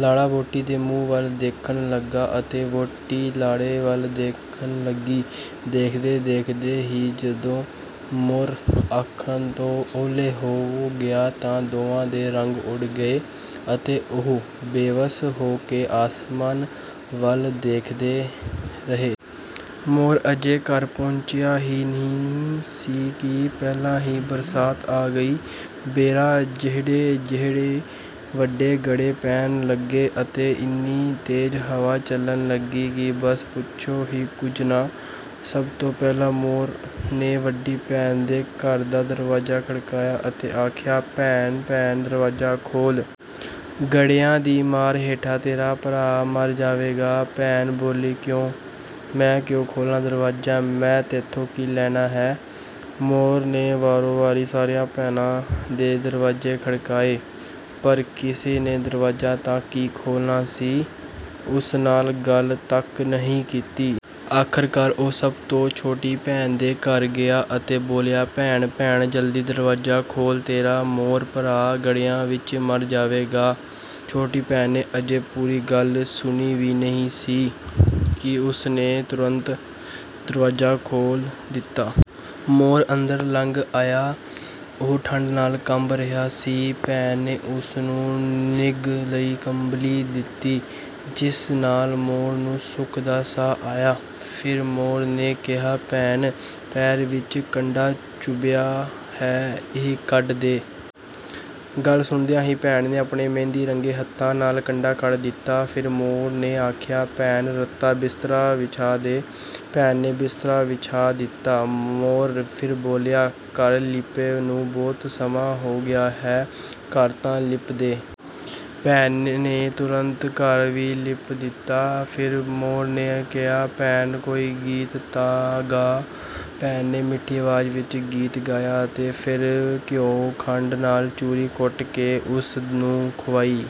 ਲਾੜਾ ਵਹੁਟੀ ਦੇ ਮੂੰਹ ਵੱਲ ਦੇਖਣ ਲੱਗਾ ਅਤੇ ਵਹੁਟੀ ਲਾੜੇ ਵੱਲ ਦੇਖਣ ਲੱਗੀ। ਦੇਖਦੇ-ਦੇਖਦੇ ਹੀ ਜਦੋਂ ਮੋਰ ਅੱਖਾਂ ਤੋਂ ਓਹਲੇ ਹੋ ਗਿਆ ਤਾਂ ਦੋਵਾਂ ਦੇ ਰੰਗ ਉੱਡ ਗਏ ਅਤੇ ਉਹ ਬੇਵਸ ਹੋ ਕੇ ਆਸਮਾਨ ਵੱਲ ਦੇਖਦੇ ਰਹੇ। ਮੋਰ ਅਜੇ ਘਰ ਪਹੁੰਚਿਆ ਹੀ ਨਹੀਂ ਸੀ ਕਿ ਪਹਿਲਾਂ ਹੀ ਬਰਸਾਤ ਆ ਗਈ। ਬੇਰਾਂ ਜਿੱਡੇ-ਜਿੱਡੇ ਵੱਡੇ ਗੜੇ ਪੈਣ ਲੱਗੇ ਅਤੇ ਇੰਨੀ ਤੇਜ਼ ਹਵਾ ਚੱਲਣ ਲੱਗੀ ਕਿ ਬੱਸ ਪੁੱਛੋ ਹੀ ਕੁਝ ਨਾ। ਸਭ ਤੋਂ ਪਹਿਲਾਂ ਮੋਰ ਨੇ ਵੱਡੀ ਭੈਣ ਦੇ ਘਰ ਦਾ ਦਰਵਾਜ਼ਾ ਖੜਕਾਇਆ ਅਤੇ ਆਖਿਆ, "ਭੈਣ, ਭੈਣ, ਦਰਵਾਜ਼ਾ ਖੋਲ੍ਹ! ਗੜਿਆਂ ਦੀ ਮਾਰ ਹੇਠਾਂ ਤੇਰਾ ਭਰਾ ਮਰ ਜਾਵੇਗਾ।" ਭੈਣ ਬੋਲੀ, "ਕਿਉਂ? ਮੈਂ ਕਿਉਂ ਖੋਲ੍ਹਾਂ ਦਰਵਾਜ਼ਾ? ਮੈਂ ਤੈਥੋਂ ਕੀ ਲੈਣਾ ਹੈ?" ਮੋਰ ਨੇ ਵਾਰੋ-ਵਾਰੀ ਸਾਰੀਆਂ ਭੈਣਾਂ ਦੇ ਦਰਵਾਜ਼ੇ ਖੜਕਾਏ, ਪਰ ਕਿਸੇ ਨੇ ਦਰਵਾਜ਼ਾ ਤਾਂ ਕੀ ਖੋਲ੍ਹਣਾ ਸੀ, ਉਸ ਨਾਲ ਗੱਲ ਤੱਕ ਨਹੀਂ ਕੀਤੀ। ਆਖ਼ਰਕਾਰ ਉਹ ਸਭ ਤੋਂ ਛੋਟੀ ਭੈਣ ਦੇ ਘਰ ਗਿਆ ਅਤੇ ਬੋਲਿਆ, "ਭੈਣ-ਭੈਣ, ਜਲਦੀ ਦਰਵਾਜ਼ਾ ਖੋਲ੍ਹ, ਤੇਰਾ ਮੋਰ ਭਰਾ ਗੜਿਆਂ ਵਿੱਚ ਮਰ ਜਾਵੇਗਾ।" ਛੋਟੀ ਭੈਣ ਨੇ ਅਜੇ ਪੂਰੀ ਗੱਲ ਸੁਣੀ ਵੀ ਨਹੀਂ ਸੀ ਕਿ ਉਸ ਨੇ ਤੁਰੰਤ ਦਰਵਾਜ਼ਾ ਖੋਲ੍ਹ ਦਿੱਤਾ। ਮੋਰ ਅੰਦਰ ਲੰਘ ਆਇਆ, ਉਹ ਠੰਢ ਨਾਲ ਕੰਬ ਰਿਹਾ ਸੀ। ਭੈਣ ਨੇ ਉਸ ਨੂੰ ਨਿੱਘ ਲਈ ਕੰਬਲੀ ਦਿੱਤੀ, ਜਿਸ ਨਾਲ ਮੋਰ ਨੂੰ ਸੁੱਖ ਦਾ ਸਾਹ ਆਇਆ। ਫਿਰ ਮੋਰ ਨੇ ਕਿਹਾ, "ਭੈਣ, ਪੈਰ ਵਿੱਚ ਕੰਡਾ ਚੁਭਿਆ ਹੈ, ਇਹ ਕੱਢ ਦੇ।" ਗੱਲ ਸੁਣਦਿਆਂ ਹੀ ਭੈਣ ਨੇ ਆਪਣੇ ਮਹਿੰਦੀ ਰੰਗੇ ਹੱਥਾਂ ਨਾਲ ਕੰਡਾ ਕੱਢ ਦਿੱਤਾ। ਫਿਰ ਮੋਰ ਨੇ ਆਖਿਆ, "ਭੈਣ, ਰਤਾ ਬਿਸਤਰਾ ਵਿਛਾ ਦੇ।" ਭੈਣ ਨੇ ਬਿਸਤਰਾ ਵਿਛਾ ਦਿੱਤਾ। ਮੋਰ ਫਿਰ ਬੋਲਿਆ, "ਘਰ ਲਿੱਪੇ ਨੂੰ ਬਹੁਤ ਸਮਾਂ ਹੋ ਗਿਆ ਹੈ, ਘਰ ਤਾਂ ਲਿੱਪ ਦੇ।" ਭੈਣ ਨੇ ਤੁਰੰਤ ਘਰ ਵੀ ਲਿੱਪ ਦਿੱਤਾ। ਫਿਰ ਮੋਰ ਨੇ ਕਿਹਾ, "ਭੈਣ, ਕੋਈ ਗੀਤ ਤਾਂ ਗਾ।" ਭੈਣ ਨੇ ਮਿੱਠੀ ਆਵਾਜ਼ ਵਿੱਚ ਗੀਤ ਗਾਇਆ ਅਤੇ ਫਿਰ ਘਿਓ-ਖੰਡ ਨਾਲ ਚੂਰੀ ਕੁੱਟ ਕੇ ਉਸ ਨੂੰ ਖਵਾਈ।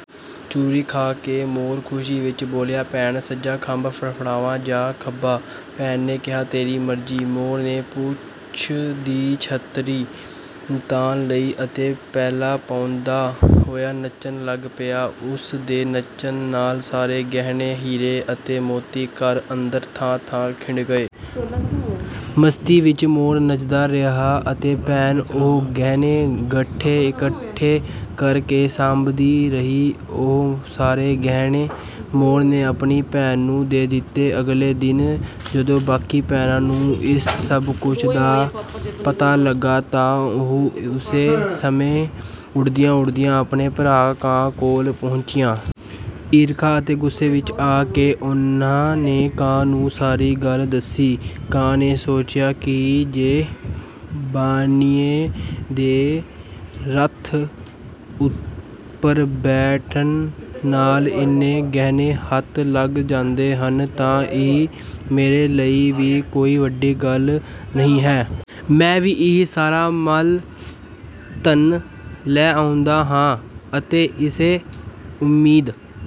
ਚੂਰੀ ਖਾ ਕੇ ਮੋਰ ਖ਼ੁਸ਼ੀ ਵਿੱਚ ਬੋਲਿਆ, "ਭੈਣ, ਸੱਜਾ ਖੰਭ ਫੜਫੜਾਵਾਂ ਜਾਂ ਖੱਬਾ?" ਭੈਣ ਨੇ ਕਿਹਾ, "ਤੇਰੀ ਮਰਜ਼ੀ।" ਮੋਰ ਨੇ ਪੂਛ ਦੀ ਛਤਰੀ ਤਾਣ ਲਈ ਅਤੇ ਪੈਲਾਂ ਪਾਉਂਦਾ ਹੋਇਆ ਨੱਚਣ ਲੱਗ ਪਿਆ। ਉਸ ਦੇ ਨੱਚਣ ਨਾਲ ਸਾਰੇ ਗਹਿਣੇ, ਹੀਰੇ ਅਤੇ ਮੋਤੀ ਘਰ ਅੰਦਰ ਥਾਂ-ਥਾਂ ਖਿੰਡ ਗਏ। ਮਸਤੀ ਵਿੱਚ ਮੋਰ ਨੱਚਦਾ ਰਿਹਾ ਅਤੇ ਭੈਣ ਉਹ ਗਹਿਣੇ-ਗੱਟੇ ਇਕੱਠੇ ਕਰ ਕੇ ਸਾਂਭਦੀ ਰਹੀ। ਉਹ ਸਾਰੇ ਗਹਿਣੇ ਮੋਰ ਨੇ ਆਪਣੀ ਭੈਣ ਨੂੰ ਦੇ ਦਿੱਤੇ। ਅਗਲੇ ਦਿਨ ਜਦੋਂ ਬਾਕੀ ਭੈਣਾਂ ਨੂੰ ਇਸ ਸਭ ਕੁਝ ਦਾ ਪਤਾ ਲੱਗਾ ਤਾਂ ਉਹ ਉਸੇ ਸਮੇਂ ਉੱਡਦੀਆਂ-ਉੱਡਦੀਆਂ ਆਪਣੇ ਭਰਾ ਕਾਂ ਕੋਲ ਪਹੁੰਚੀਆਂ। ਈਰਖਾ ਅਤੇ ਗੁੱਸੇ ਵਿੱਚ ਆ ਕੇ ਉਨ੍ਹਾਂ ਨੇ ਕਾਂ ਨੂੰ ਸਾਰੀ ਗੱਲ ਦੱਸੀ। ਕਾਂ ਨੇ ਸੋਚਿਆ ਕਿ ਜੇ ਬਾਣੀਏ ਦੇ ਰੱਥ ਉੱਪਰ ਬੈਠਣ ਨਾਲ ਇੰਨੇ ਗਹਿਣੇ ਹੱਥ ਲੱਗ ਜਾਂਦੇ ਹਨ, ਤਾਂ ਇਹ ਮੇਰੇ ਲਈ ਵੀ ਕੋਈ ਵੱਡੀ ਗੱਲ ਨਹੀਂ ਹੈ। ਮੈਂ ਵੀ ਇਹ ਸਾਰਾ ਮਾਲ-ਧਨ ਲੈ ਆਉਂਦਾ ਹਾਂ, ਅਤੇ ਇਸੇ ਉਮੀਦ